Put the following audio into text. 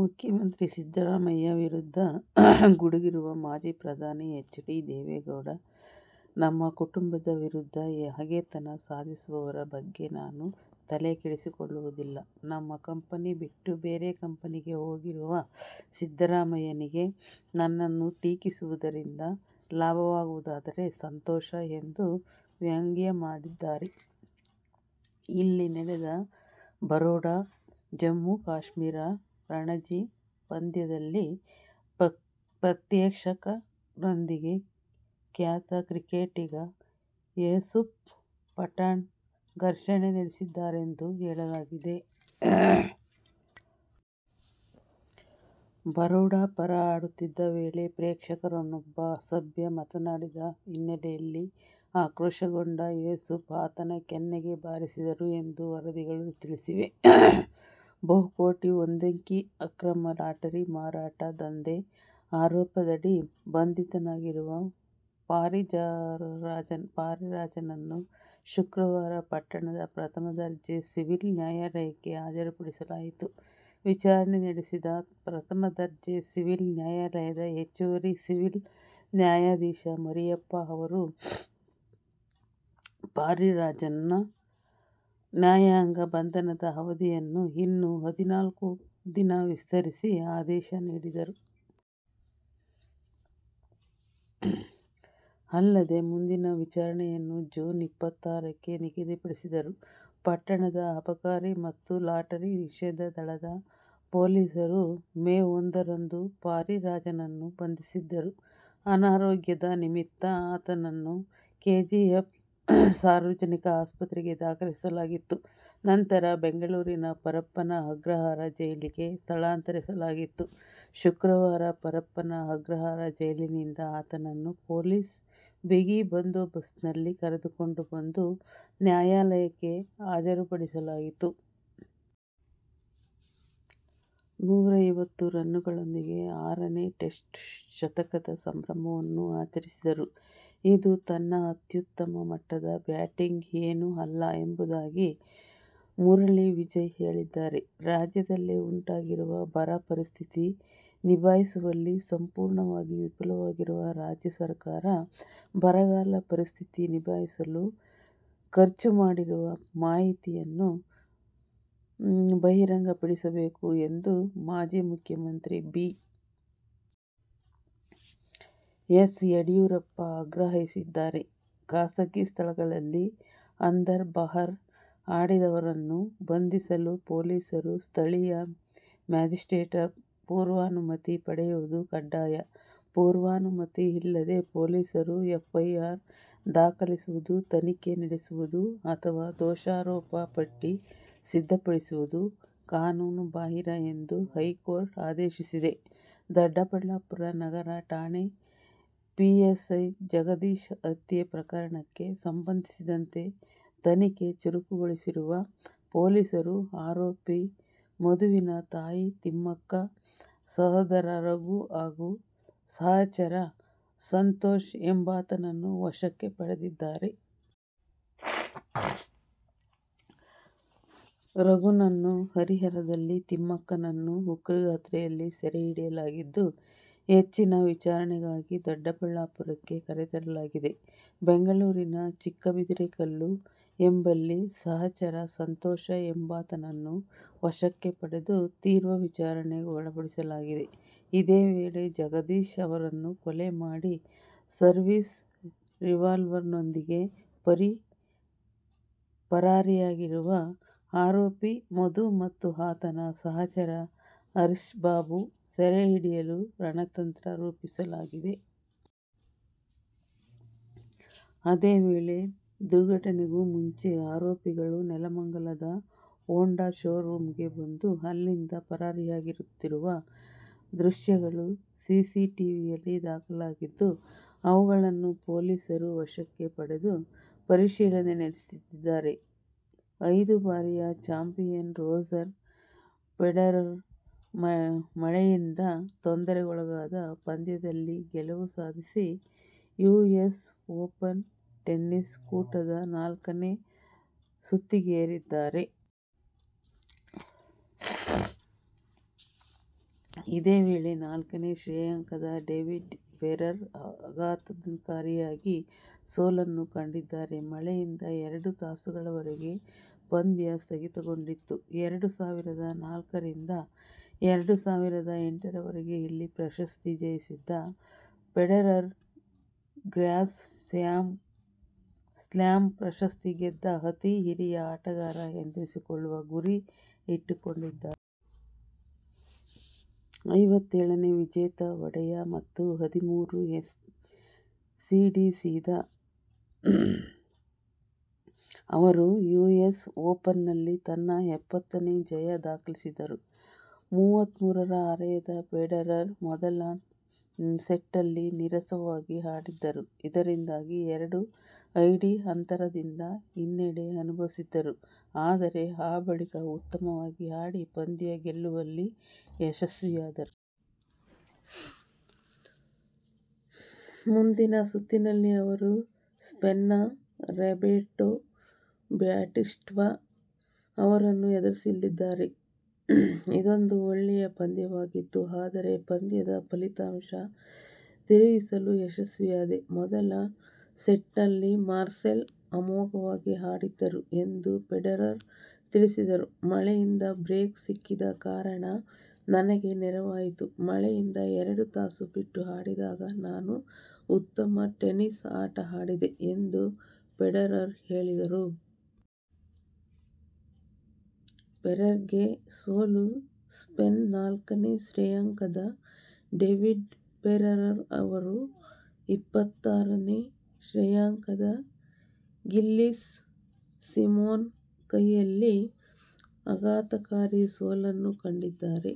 ಮುಖ್ಯಮಂತ್ರಿ ಸಿದ್ದರಾಮಯ್ಯ ವಿರುದ್ಧ ಗುಡುಗಿರುವ ಮಾಜಿ ಪ್ರಧಾನಿ ಎಚ್. ಡಿ. ದೇವೇಗೌಡ, ನಮ್ಮ ಕುಟುಂಬದ ವಿರುದ್ಧ ಹಗೆತನ ಸಾಧಿಸುವವರ ಬಗ್ಗೆ ನಾನು ತಲೆಕೆಡಿಸಿಕೊಳ್ಳುವುದಿಲ್ಲ. ನಮ್ಮ ಕಂಪನಿ ಬಿಟ್ಟು ಬೇರೆ ಕಂಪನಿಗೆ ಹೋಗಿರುವ ಸಿದ್ದರಾಮಯ್ಯಗೆ ನನ್ನನ್ನು ಟೀಕಿಸುವುದರಿಂದ ಲಾಭವಾಗುವುದಾದರೆ ಸಂತೋಷ ಎಂದು ವ್ಯಂಗ್ಯ ಮಾಡಿದ್ದಾರೆ. ಇಲ್ಲಿ ನಡೆದ ಬರೋಡಾ-ಜಮ್ಮುಕಾಶ್ಮೀರ ರಣಜಿ ಪಂದ್ಯದಲ್ಲಿ ಪ್ರೇಕ್ಷಕರೊಂದಿಗೆ ಖ್ಯಾತ ಕ್ರಿಕೆಟಿಗ ಯೂಸುಫ್ ಪಠಾಣ್ ಘರ್ಷಣೆ ನಡೆಸಿದ್ದಾರೆಂದು ಹೇಳಲಾಗಿದೆ. ಬರೋಡಾ ಪರ ಆಡುತ್ತಿದ್ದ ವೇಳೆ ಪ್ರೇಕ್ಷಕನೊಬ್ಬ ಅಸಭ್ಯ ಮಾತುಗಳನ್ನಾಡಿದ ಹಿನ್ನೆಲೆಯಲ್ಲಿ ಆಕ್ರೋಶಗೊಂಡ ಯೂಸುಫ್ ಆತನ ಕೆನ್ನೆಗೆ ಬಾರಿಸಿದರು ಎಂದು ವರದಿಗಳು ತಿಳಿಸಿವೆ. ಬಹುಕೋಟಿ ಒಂದಂಕಿ ಅಕ್ರಮ ಲಾಟರಿ ಮಾರಾಟ ದಂಧೆ ಆರೋಪದಡಿ ಬಂಧಿತನಾಗಿರುವ ಪಾರಿರಾಜನ್ನನ್ನು ಶುಕ್ರವಾರ ಪಟ್ಟಣದ ಪ್ರಥಮ ದರ್ಜೆ ಸಿವಿಲ್ ನ್ಯಾಯಾಲಯಕ್ಕೆ ಹಾಜರುಪಡಿಸಲಾಯಿತು. ವಿಚಾರಣೆ ನಡೆಸಿದ ಪ್ರಥಮ ದರ್ಜೆ ಸಿವಿಲ್ ನ್ಯಾಯಾಲಯದ ಹೆಚ್ಚುವರಿ ಸಿವಿಲ್ ನ್ಯಾಯಾಧೀಶ ಮರಿಯಪ್ಪ ಅವರು, ಪಾರಿರಾಜನ್ನ ನ್ಯಾಯಾಂಗ ಬಂಧನದ ಅವಧಿಯನ್ನು ಇನ್ನೂ ಹದಿನಾಲ್ಕು ದಿನ ವಿಸ್ತರಿಸಿ, ಆದೇಶ ನೀಡಿದರು. ಅಲ್ಲದೆ, ಮುಂದಿನ ವಿಚಾರಣೆಯನ್ನು ಜೂನ್ ಇಪ್ಪತ್ತಾರಕ್ಕೆ ನಿಗದಿಪಡಿಸಿದರು. ಪಟ್ಟಣದ ಅಬಕಾರಿ ಮತ್ತು ಲಾಟರಿ ನಿಷೇಧ ದಳದ ಪೊಲೀಸರು ಮೇ ಒಂದರಂದು ಪಾರಿರಾಜನನ್ನು ಬಂಧಿಸಿದ್ದರು. ಅನಾರೋಗ್ಯದ ನಿಮಿತ್ತ ಆತನನ್ನು ಕೆಜಿಎಫ್ ಸಾರ್ವಜನಿಕ ಆಸ್ಪತ್ರೆಗೆ ದಾಖಲಿಸಲಾಗಿತ್ತು. ನಂತರ, ಬೆಂಗಳೂರಿನ ಪರಪ್ಪನ ಅಗ್ರಹಾರ ಜೈಲಿಗೆ ಸ್ಥಳಾಂತರಿಸಲಾಗಿತ್ತು. ಶುಕ್ರವಾರ ಪರಪ್ಪನ ಅಗ್ರಹಾರ ಜೈಲಿನಿಂದ ಆತನನ್ನು ಪೊಲೀಸ್ ಬಿಗಿ ಬಂದೋಬಸ್ತ್ನಲ್ಲಿ ಕರೆದುಕೊಂಡು ಬಂದು ನ್ಯಾಯಾಲಯಕ್ಕೆ ಹಾಜರು ಪಡಿಸಲಾಗಿತ್ತು. ನೂರೈವತ್ತು ರನ್ನುಗಳೊಂದಿಗೆ ಆರನೇ ಟೆಸ್ಟ್ ಶತಕದ ಸಂಭ್ರಮವನ್ನು ಆಚರಿಸಿದರೂ ಇದು ತನ್ನ ಅತ್ಯುತ್ತಮ ಮಟ್ಟದ ಬ್ಯಾಟಿಂಗ್ ಏನೂ ಅಲ್ಲ ಎಂಬುದಾಗಿ ಮುರಳಿ ವಿಜಯ್ ಹೇಳಿದ್ದಾರೆ. ರಾಜ್ಯದಲ್ಲಿ ಉಂಟಾಗಿರುವ ಬರ ಪರಿಸ್ಥಿತಿ ನಿಭಾಯಿಸುವಲ್ಲಿ ಸಂಪೂರ್ಣವಾಗಿ ವಿಫಲವಾಗಿರುವ ರಾಜ್ಯ ಸರ್ಕಾರ ಬರಗಾಲ ಪರಿಸ್ಥಿತಿ ನಿಭಾಯಿಸಲು ಖರ್ಚು ಮಾಡಿರುವ ಮಾಹಿತಿಯನ್ನು ಬಹಿರಂಗ ಪಡಿಸಬೇಕು ಎಂದು ಮಾಜಿ ಮುಖ್ಯಮಂತ್ರಿ ಬಿ. ಎಸ್. ಯಡಿಯೂರಪ್ಪ ಆಗ್ರಹಿಸಿದ್ದಾರೆ. ಖಾಸಗಿ ಸ್ಥಳಗಳಲ್ಲಿ ಅಂದರ್-ಬಾಹರ್ ಆಡಿದವರನ್ನು ಬಂಧಿಸಲು ಪೊಲೀಸರು ಸ್ಥಳೀಯ ಮ್ಯಾಜಿಸ್ಟ್ರೇಟ್ರಿಂದ ಪೂರ್ವಾನುಮತಿ ಪಡೆಯುವುದು ಕಡ್ಡಾಯ. ಪೂರ್ವಾನುಮತಿ ಇಲ್ಲದೆ ಪೊಲೀಸರು ಎಫ್ಐಆರ್ ದಾಖಲಿಸುವುದು, ತನಿಖೆ ನಡೆಸುವುದು ಅಥವಾ ದೋಷಾರೋಪ ಪಟ್ಟಿ ಸಿದ್ಧಪಡಿಸುವುದು ಕಾನೂನು ಬಾಹಿರ ಎಂದು ಹೈಕೋರ್ಟ್ ಆದೇಶಿಸಿದೆ. ದೊಡ್ಡಬಳ್ಳಾಪುರ ನಗರ ಠಾಣೆ ಪಿಎಸ್ಐ ಜಗದೀಶ್ ಹತ್ಯೆ ಪ್ರಕರಣಕ್ಕೆ ಸಂಬಂಧಿಸಿದಂತೆ ತನಿಖೆ ಚುರುಕುಗೊಳಿಸಿರುವ ಪೊಲೀಸರು ಆರೋಪಿ ಮಧುವಿನ ತಾಯಿ ತಿಮ್ಮಕ್ಕ, ಸಹೋದರ ರಘು ಹಾಗೂ ಸಹಚರ ಸಂತೋಷ್ ಎಂಬಾತನನ್ನು ವಶಕ್ಕೆ ಪಡೆದಿದ್ದಾರೆ. ರಘುನನ್ನು ಹರಿಹರದಲ್ಲಿ, ತಿಮ್ಮಕ್ಕನನ್ನು ಉಕ್ಕಡಗಾತ್ರಿಯಲ್ಲಿ ಸೆರೆ ಹಿಡಿಯಲಾಗಿದ್ದು, ಹೆಚ್ಚಿನ ವಿಚಾರಣೆಗಾಗಿ ದೊಡ್ಡಬಳ್ಳಾಪುರಕ್ಕೆ ಕರೆತರಲಾಗಿದೆ. ಬೆಂಗಳೂರಿನ ಚಿಕ್ಕಬಿದಿರೆಕಲ್ಲು ಎಂಬಲ್ಲಿ ಸಹಚರ ಸಂತೋಷ್ ಎಂಬಾತನನ್ನು ವಶಕ್ಕೆ ಪಡೆದು ತೀವ್ರ ವಿಚಾರಣೆ ಗೊಳಪಡಿಸಲಾಗಿದೆ. ಇದೇ ವೇಳೆ, ಜಗದೀಶ್ ಅವರನ್ನು ಕೊಲೆ ಮಾಡಿ ಸರ್ವೀಸ್ ರಿವಾಲ್ವರ್ನೊಂದಿಗೆ ಪರಾರಿಯಾಗಿರುವ ಆರೋಪಿ ಮಧು ಮತ್ತು ಆತನ ಸಚಹರ ಹರೀಶ್ಬಾಬು ಸೆರೆ ಹಿಡಿಯಲು ರಣತಂತ್ರ ರೂಪಿಸಲಾಗಿದೆ. ಇದೇ ವೇಳೆ, ದುರ್ಘಟನೆಗೂ ಮುಂಚೆ ಆರೋಪಿಗಳು ನೆಲಮಂಗಲದ ಹೊಂಡಾ ಶೋ ರೂಮ್ಗೆ ಬಂದು, ಅಲ್ಲಿಂದ ಪರಾರಿಯಾಗುತ್ತಿರುವ ದೃಶ್ಯಗಳು ಸಿಸಿಟಿವಿಯಲ್ಲಿ ದಾಖಲಾಗಿದ್ದು, ಅವುಗಳನ್ನು ಪೊಲೀಸರು ವಶಕ್ಕೆ ಪಡೆದು, ಪರಿಶೀಲನೆ ನಡೆಸುತ್ತಿದ್ದಾರೆ. ಐದು ಬಾರಿಯ ಚಾಂಪಿಯನ್ ರೋಜರ್ ಫೆಡರರ್ ಮಳೆಯಿಂದ ತೊಂದರೆಗೊಳಗಾದ ಪಂದ್ಯದಲ್ಲಿ ಗೆಲುವು ಸಾಧಿಸಿ ಯುಎಸ್ ಓಪನ್ ಟೆನ್ನಿಸ್ ಕೂಟದ ನಾಲ್ಕನೇ ಸುತ್ತಿಗೇರಿದ್ದಾರೆ. ಇದೇ ವೇಳೆ ನಾಲ್ಕನೇ ಶ್ರೇಯಾಂಕದ ಡೇವಿಡ್ ಫೆರರ್ ಆಘಾತಕಾರಿಯಾಗಿ ಸೋಲನ್ನು ಕಂಡಿದ್ದಾರೆ. ಮಳೆಯಿಂದ ಎರಡು ತಾಸುಗಳವರೆಗೆ ಪಂದ್ಯ ಸ್ಥಗಿತಗೊಂಡಿತ್ತು. ಎರಡು ಸಾವಿರದ ನಾಲ್ಕರಿಂದ ಎರಡು ಸಾವಿರದ ಎಂಟರವರೆಗೆ ಇಲ್ಲಿ ಪ್ರಶಸ್ತಿ ಜಯಿಸಿದ್ದ ಫೆಡರರ್ ಗ್ರ್ಯಾನ್ ಸ್ಲಾಮ್ ಪ್ರಶಸ್ತಿ ಗೆದ್ದ ಅತೀ ಹಿರಿಯ ಆಟಗಾರ ಎಂದೆನಿಸಿಕೊಳ್ಳುವ ಗುರಿ ಇಟ್ಟುಕೊಂಡಿದ್ದಾರೆ. ಐವತ್ತೇಳನೇ ವಿಜೇತ ಹೊಡೆಯ ಮತ್ತು ಹದಿಮೂರು ಏಸ್ ಸಿಡಿಸಿದ ಅವರು ಯುಎಸ್ ಓಪನ್ನಲ್ಲಿ ತನ್ನ ಎಪ್ಪತ್ತನೇ ಜಯ ದಾಖಲಿಸಿದರು. ಮೂವತ್ಮೂರರ ಹರೆಯದ ಫೆಡರರ್ ಮೊದಲ ಸೆಟ್ನಲ್ಲಿ ನೀರಸವಾಗಿ ಆಡಿದ್ದರು. ಇದರಿಂದಾಗಿ ಎರಡು-ಐದು ಅಂತರದಿಂದ ಹಿನ್ನಡೆ ಅನುಭವಿಸಿದ್ದರು. ಆದರೆ ಆ ಬಳಿಕ ಉತ್ತಮವಾಗಿ ಆಡಿ ಪಂದ್ಯ ಗೆಲ್ಲುವಲ್ಲಿ ಯಶಸ್ವಿಯಾದರು. ಮುಂದಿನ ಸುತ್ತಿನಲ್ಲಿ ಅವರು ಸ್ಪೇನ್ನ ರಾಬೆರ್ಟೊ ಬಾಟಿಸ್ಟಾ ಅವರನ್ನು ಎದುರಿಸಲಿದ್ದಾರೆ. ಇದೊಂದು ಒಳ್ಳೆಯ ಪಂದ್ಯವಾಗಿತ್ತು. ಆದರೆ ಪಂದ್ಯದ ಫಲಿತಾಂಶ ತಿರುಗಿಸಲು ಯಶಸ್ವಿಯಾದೆ. ಮೊದಲ ಸೆಟ್ನಲ್ಲಿ ಮಾರ್ಸೆಲ್ ಅಮೋಘವಾಗಿ ಆಡಿದ್ದರು ಎಂದು ಫೆಡರರ್ ತಿಳಿಸಿದರು. ಮಳೆಯಿಂದ ಬ್ರೇಕ್ ಸಿಕ್ಕಿದ ಕಾರಣ ನನಗೆ ನೆರವಾಯಿತು. ಮಳೆಯಿಂದ ಎರಡು ತಾಸು ಬಿಟ್ಟು ಆಡಿದಾಗ ನಾನು ಉತ್ತಮ ಟೆನಿಸ್ ಆಟ ಆಡಿದೆ ಎಂದು ಫೆಡರರ್ ಹೇಳಿದರು. ಫೆರರ್ಗೆ ಸೋಲು ಸ್ಪೇನ್ನ ನಾಲ್ಕನೇ ಶ್ರೇಯಾಂಕದ ಡೇವಿಡ್ ಫೆರರ್ ಅವರು ಇಪ್ಪತ್ತಾರನೇ ಶ್ರೇಯಾಂಕದ ಗಿಲ್ಲೆಸ್ ಸಿಮೋನ್ ಕೈಯಲ್ಲಿ ಆಘಾತಕಾರಿ ಸೋಲನ್ನು ಕಂಡಿದ್ದಾರೆ.